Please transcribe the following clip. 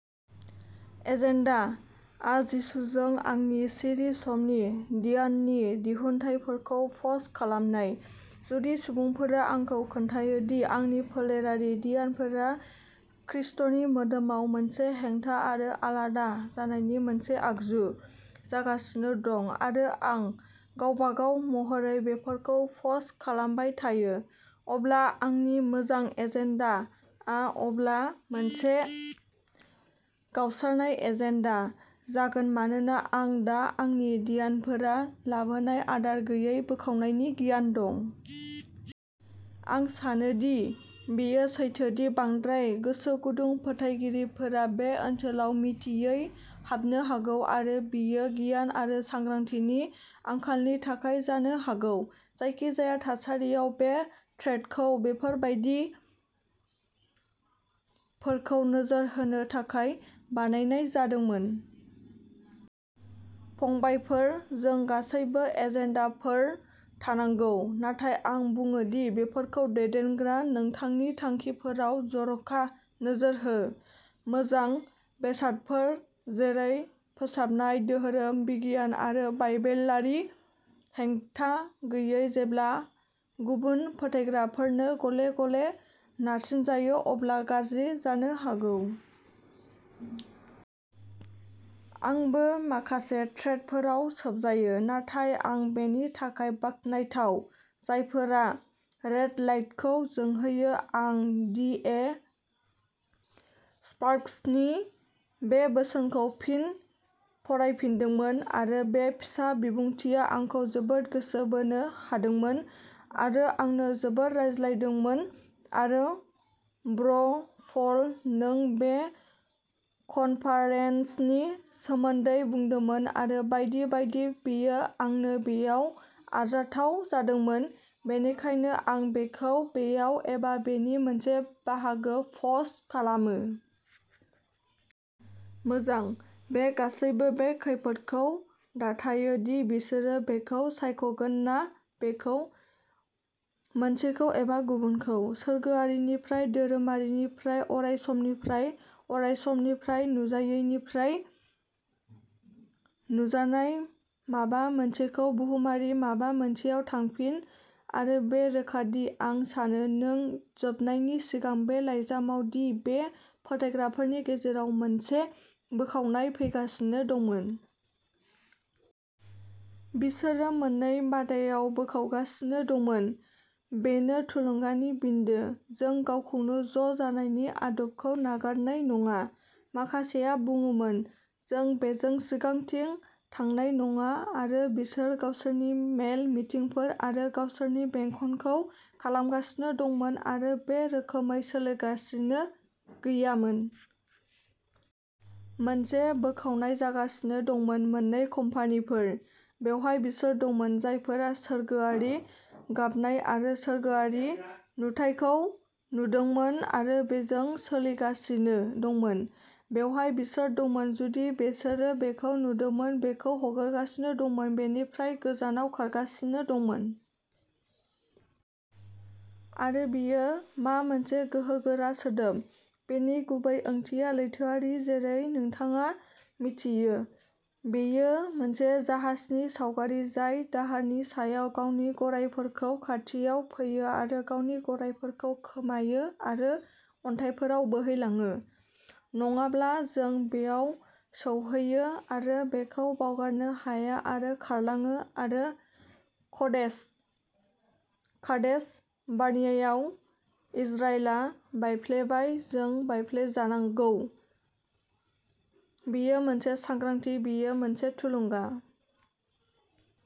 "Agenda" आ जिसुजों आंनि सिरि समनि ध्याननि दिहुनथायफोरखौ पस्ट खालामनाय। जुदि सुबुंफोरा आंखौ खोन्थायो दि आंनि फोलेरारि ध्यानफोरा खृष्टनि मोदोमाव मोनसे हेंथा आरो आलादा जानायनि मोनसे आगजु जागासिनो दं, आरो आं गावबागाव महरै बेफोरखौ पस्ट खालामबाय थायो, अब्ला आंनि "मोजां एजेन्डा" आ अब्ला मोनसे "गावस्रानाय एजेन्डा" जागोन मानोना आं दा आंनि ध्यानफोरा लाबोनाय आदार गैयै बोखावनायनि गियान दं। आं सानो दि बेयो सैथो दि बांद्राय गोसोगुदुं फोथायगिरिफोरा बे ओनसोलाव मिथियै हाबनो हागौ, आरो बेयो गियान आरो सांग्रांथिनि आंखालनि थाखाय जानो हागौ। जायखिजाया थासारियाव, बे थ्रेडखौ बेबादिफोरखौ नोजोर होनो थाखाय बानायनाय जादोंमोन। फंबायफोर, जों गासैबो एजेन्डाफोर थानांगौ, नाथाय आं बुङो दि बेफोरखौ दैदेनग्रा नोंथांनि थांखिफोराव जर'खा नोजोर हो। "मोजां" बेसादफोर, जेरै फोसाबनाय धोरोम बिगियान आरो बाइबेलारि हेंथा गैयै, जेब्ला गुबुन फोथायग्राफोरनो गले-गले नारसिनजायो, अब्ला गाज्रि जानो हागौ। आंबो माखासे थ्रेडफोराव "सोबजायो", नाथाय आं बेनि थाखाय बाखनायथाव। जायफोरा रेडलाइटखौ जोंहोयो, आं टि. ए. स्पार्क्सनि बे बोसोनखौ फिन फरायफिनदोंमोन, आरो बे फिसा बिबुंथिआ आंखौ जोबोद गोसो बोनो हादोंमोन आरो आंनो जोबोद रायज्लायदोंमोन, आरो ब्र'पल, नों बे कनफारेंसनि सोमोन्दै बुंदोंमोन आरो बायदि बायदि, बेयो आंनो बेयाव आरजाथाव जादोंमोन, बेनिखायनो आं बेखौ बेयाव एबा बेनि मोनसे बाहागो पस्ट खालामो। "मोजां, बे गासैबो बे खैफोदखौ दाथायो दि बिसोरो बेखौ सायख'गोन ना बेखौ, मोनसेखौ एबा गुबुनखौ। सोरगोआरिनिफ्राय, धोरोमारिनिफ्राय, अरायसमनिफ्राय, अरायसमनिफ्राय, नुजायैनिफ्राय नुजानाय माबा मोनसेखौ बुहुमारि माबा मोनसेयाव थांफिन। आरो बेयो रोखा दि आं सानो, नों जोबनायनि सिगां बे लाइजामाव, दि बे फोथायग्राफोरनि गेजेराव मोनसे बोखावनाय फैगासिनो दंमोन। बिसोरो मोन्नै बादायाव बोखावगासिनो दंमोन। बेनो थुलुंगानि बिन्दो" जों गावखौनो ज'जानायनि आदबखौ नागारनाय नङा। "माखासेआ बुङोमोन", जों बेजों सिगांथिं थांनाय नङा "आरो बिसोर गावसोरनि मेल-मिथिंफोर आरो गावसोरनि बेंखनखौ खालामगासिनो दंमोन आरो बे रोखोमै सोलिगासिनो गैयामोन। मोनसे बोखावनाय जागासिनो दंमोन; मोननै कम्पानिफोर। बेवहाय बिसोर दंमोन जायफोरा सोरगोआरि गाबनाय आरो सोरगोआरि नुथायखौ नुदोंमोन आरो बेजों सोलिगासिनो दंमोन; बेवहाय बिसोर दंमोन, जुदि बिसोरो बेखौ नुदोंमोन, बेखौ हगारगासिनो दंमोन, बेनिफ्राय गोजानाव खारगासिनो दंमोन। आरो बेयो मा मोनसे गोहोगोरा सोदोब! बेनि गुबै ओंथिया लैथोआरि, जेरै नोंथाङा मिथियो। बेयो मोनसे जाहाजनि सावगारि जाय दाहारनि सायाव गावनि गरायफोरखौ खाथियाव फैयो आरो गावनि गरायफोरखौ खोमायो आरो अन्थाइफोराव बोहैलाङो। नङाब्ला जों बेयाव सौहैयो आरो बेखौ बावगारनो हाया आरो खारलाङो आरो कादेश बार्नियायाव इजराइलआ बायफ्लेबाय, जों बायफ्लेजानांगौ। बेयो मोनसे सांग्रांथि, बेयो मोनसे थुलुंगा।"